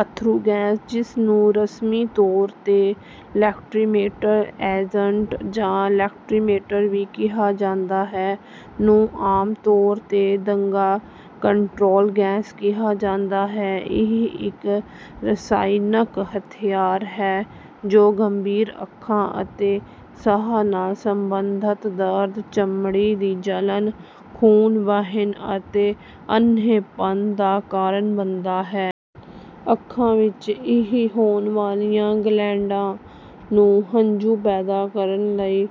ਅੱਥਰੂ ਗੈਸ, ਜਿਸਨੂੰ ਰਸਮੀ ਤੌਰ ਤੇ ਲੈਕਰੀਮੇਟਰ ਏਜੰਟ ਜਾਂ ਲੈਕਰੀਮੇਟਰ ਵੀ ਕਿਹਾ ਜਾਂਦਾ ਹੈ, ਨੂੰ ਆਮ ਤੌਰ ਤੇ ਦੰਗਾ ਕੰਟਰੋਲ ਗੈਸ ਕਿਹਾ ਜਾਂਦਾ ਹੈ। ਇਹ ਇੱਕ ਰਸਾਇਣਕ ਹਥਿਆਰ ਹੈ ਜੋ ਗੰਭੀਰ ਅੱਖਾਂ ਅਤੇ ਸਾਹ ਨਾਲ ਸੰਬੰਧਤ ਦਰਦ, ਚਮੜੀ ਦੀ ਜਲਣ, ਖੂਨ ਵਹਿਣ ਅਤੇ ਅੰਨ੍ਹੇਪਣ ਦਾ ਕਾਰਨ ਬਣਦਾ ਹੈ। ਅੱਖਾਂ ਵਿੱਚ ਇਹ ਰੋਣ ਵਾਲੀਆਂ ਗਲੈਂਡਾਂ ਨੂੰ ਹੰਝੂ ਪੈਦਾ ਕਰਨ ਲਈ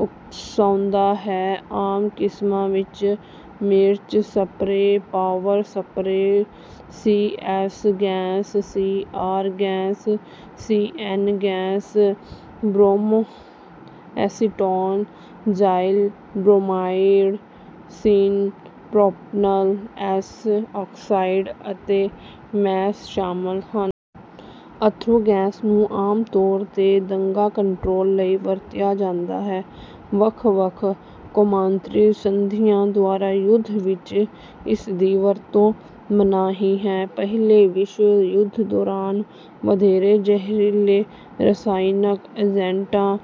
ਉਕਸਾਉਂਦਾ ਹੈ। ਆਮ ਕਿਸਮਾਂ ਵਿੱਚ ਮਿਰਚ spray, power spray, CS. Gas, CR. Gas, CN. Gas, bromoacetone, xylyl bromide, syn propanal S oxide ਅਤੇ ਮੇਸ ਸ਼ਾਮਲ ਹਨ। ਅੱਥਰੂ ਗੈਸ ਨੂੰ ਆਮ ਤੌਰ ਤੇ ਦੰਗਾ ਕੰਟਰੋਲ ਲਈ ਵਰਤਿਆ ਜਾਂਦਾ ਹੈ। ਵੱਖ-ਵੱਖ ਕੌਮਾਂਤਰੀ ਸੰਧੀਆਂ ਦੁਆਰਾ ਯੁੱਧ ਵਿੱਚ ਇਸਦੀ ਵਰਤੋਂ ਮਨਾਹੀ ਹੈ। ਪਹਿਲੇ ਵਿਸ਼ਵ ਯੁੱਧ ਦੌਰਾਨ ਵਧੇਰੇ ਜ਼ਹਿਰੀਲੇ ਰਸਾਇਣਕ ਏਜੰਟਾਂ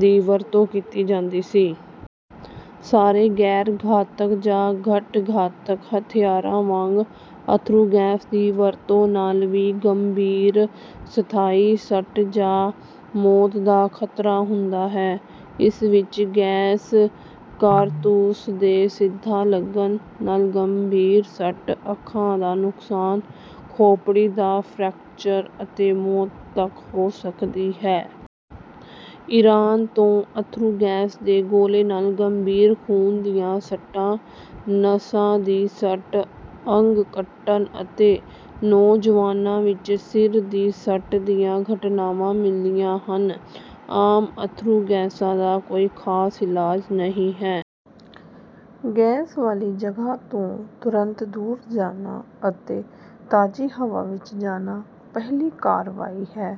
ਦੀ ਵਰਤੋਂ ਕੀਤੀ ਜਾਂਦੀ ਸੀ। ਸਾਰੇ ਗੈਰ-ਘਾਤਕ ਜਾਂ ਘੱਟ-ਘਾਤਕ ਹਥਿਆਰਾਂ ਵਾਂਗ ਅੱਥਰੂ ਗੈਸ ਦੀ ਵਰਤੋਂ ਨਾਲ ਵੀ ਗੰਭੀਰ ਸਥਾਈ ਸੱਟ ਜਾਂ ਮੌਤ ਦਾ ਖ਼ਤਰਾ ਹੁੰਦਾ ਹੈ। ਇਸ ਵਿੱਚ ਗੈਸ ਕਾਰਤੂਸ ਦੇ ਸਿੱਧਾ ਲੱਗਣ ਨਾਲ ਗੰਭੀਰ ਸੱਟ, ਅੱਖਾਂ ਦਾ ਨੁਕਸਾਨ, ਖੋਪੜੀ ਦਾ ਫ੍ਰੈਕਚਰ ਅਤੇ ਮੌਤ ਤੱਕ ਹੋ ਸਕਦੀ ਹੈ। ਇਰਾਨ ਤੋਂ ਅੱਥਰੂ ਗੈਸ ਦੇ ਗੋਲੇ ਨਾਲ ਗੰਭੀਰ ਖੂਨ ਦੀਆਂ ਸੱਟਾਂ, ਨਸਾਂ ਦੀ ਸੱਟ, ਅੰਗ ਕੱਟਣ ਅਤੇ ਨੌਜਵਾਨਾਂ ਵਿੱਚ ਸਿਰ ਦੀ ਸੱਟ ਦੀਆਂ ਘਟਨਾਵਾਂ ਮਿਲੀਆਂ ਹਨ। ਆਮ ਅੱਥਰੂ ਗੈਸਾਂ ਦਾ ਕੋਈ ਖਾਸ ਇਲਾਜ ਨਹੀਂ ਹੈ। ਗੈਸ ਵਾਲੀ ਜਗ੍ਹਾ ਤੋਂ ਤੁਰੰਤ ਦੂਰ ਜਾਣਾ ਅਤੇ ਤਾਜ਼ੀ ਹਵਾ ਵਿੱਚ ਜਾਣਾ ਪਹਿਲੀ ਕਾਰਵਾਈ ਹੈ।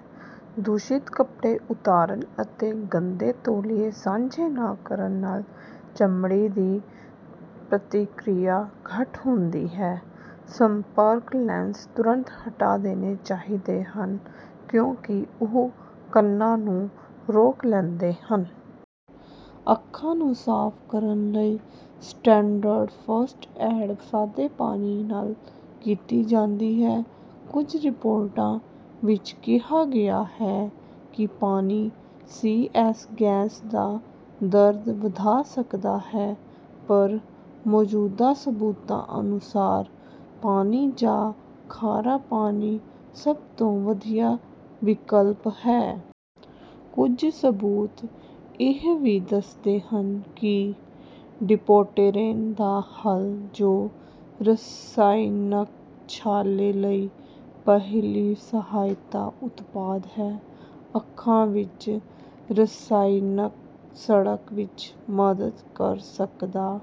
ਦੂਸ਼ਿਤ ਕੱਪੜੇ ਉਤਾਰਨ ਅਤੇ ਗੰਦੇ ਤੌਲੀਏ ਸਾਂਝੇ ਨਾ ਕਰਨ ਨਾਲ ਚਮੜੀ ਦੀ ਪ੍ਰਤੀਕਿਰਿਆ ਘੱਟ ਹੁੰਦੀ ਹੈ। ਸੰਪਰਕ ਲੈਂਸ ਤੁਰੰਤ ਹਟਾ ਦੇਣੇ ਚਾਹੀਦੇ ਹਨ ਕਿਉਂਕਿ ਉਹ ਕਣਾਂ ਨੂੰ ਰੋਕ ਲੈਂਦੇ ਹਨ। ਅੱਖਾਂ ਨੂੰ ਸਾਫ਼ ਕਰਨ ਲਈ ਸਟੈਂਡਰਡ ਫਸਟ ਏਡ ਸਾਦੇ ਪਾਣੀ ਨਾਲ ਕੀਤੀ ਜਾਂਦੀ ਹੈ। ਕੁਝ ਰਿਪੋਰਟਾਂ ਵਿੱਚ ਕਿਹਾ ਗਿਆ ਹੈ ਕਿ ਪਾਣੀ ਸੀ.ਐਸ. ਗੈਸ ਦਾ ਦਰਦ ਵਧਾ ਸਕਦਾ ਹੈ, ਪਰ ਮੌਜੂਦਾ ਸਬੂਤਾਂ ਅਨੁਸਾਰ ਪਾਣੀ ਜਾਂ ਖਾਰਾ ਪਾਣੀ ਸਭ ਤੋਂ ਵਧੀਆ ਵਿਕਲਪ ਹੈ। ਕੁਝ ਸਬੂਤ ਇਹ ਵੀ ਦੱਸਦੇ ਹਨ ਕਿ ਡਿਪੋਟੇਰੇਨ ਦਾ ਹੱਲ, ਜੋ ਰਸਾਇਣਕ ਛਾਲੇ ਲਈ ਪਹਿਲੀ ਸਹਾਇਤਾ ਉਤਪਾਦ ਹੈ, ਅੱਖਾਂ ਵਿੱਚ ਰਸਾਇਣਕ ਸੜਨ ਵਿੱਚ ਮਦਦ ਕਰ ਸਕਦਾ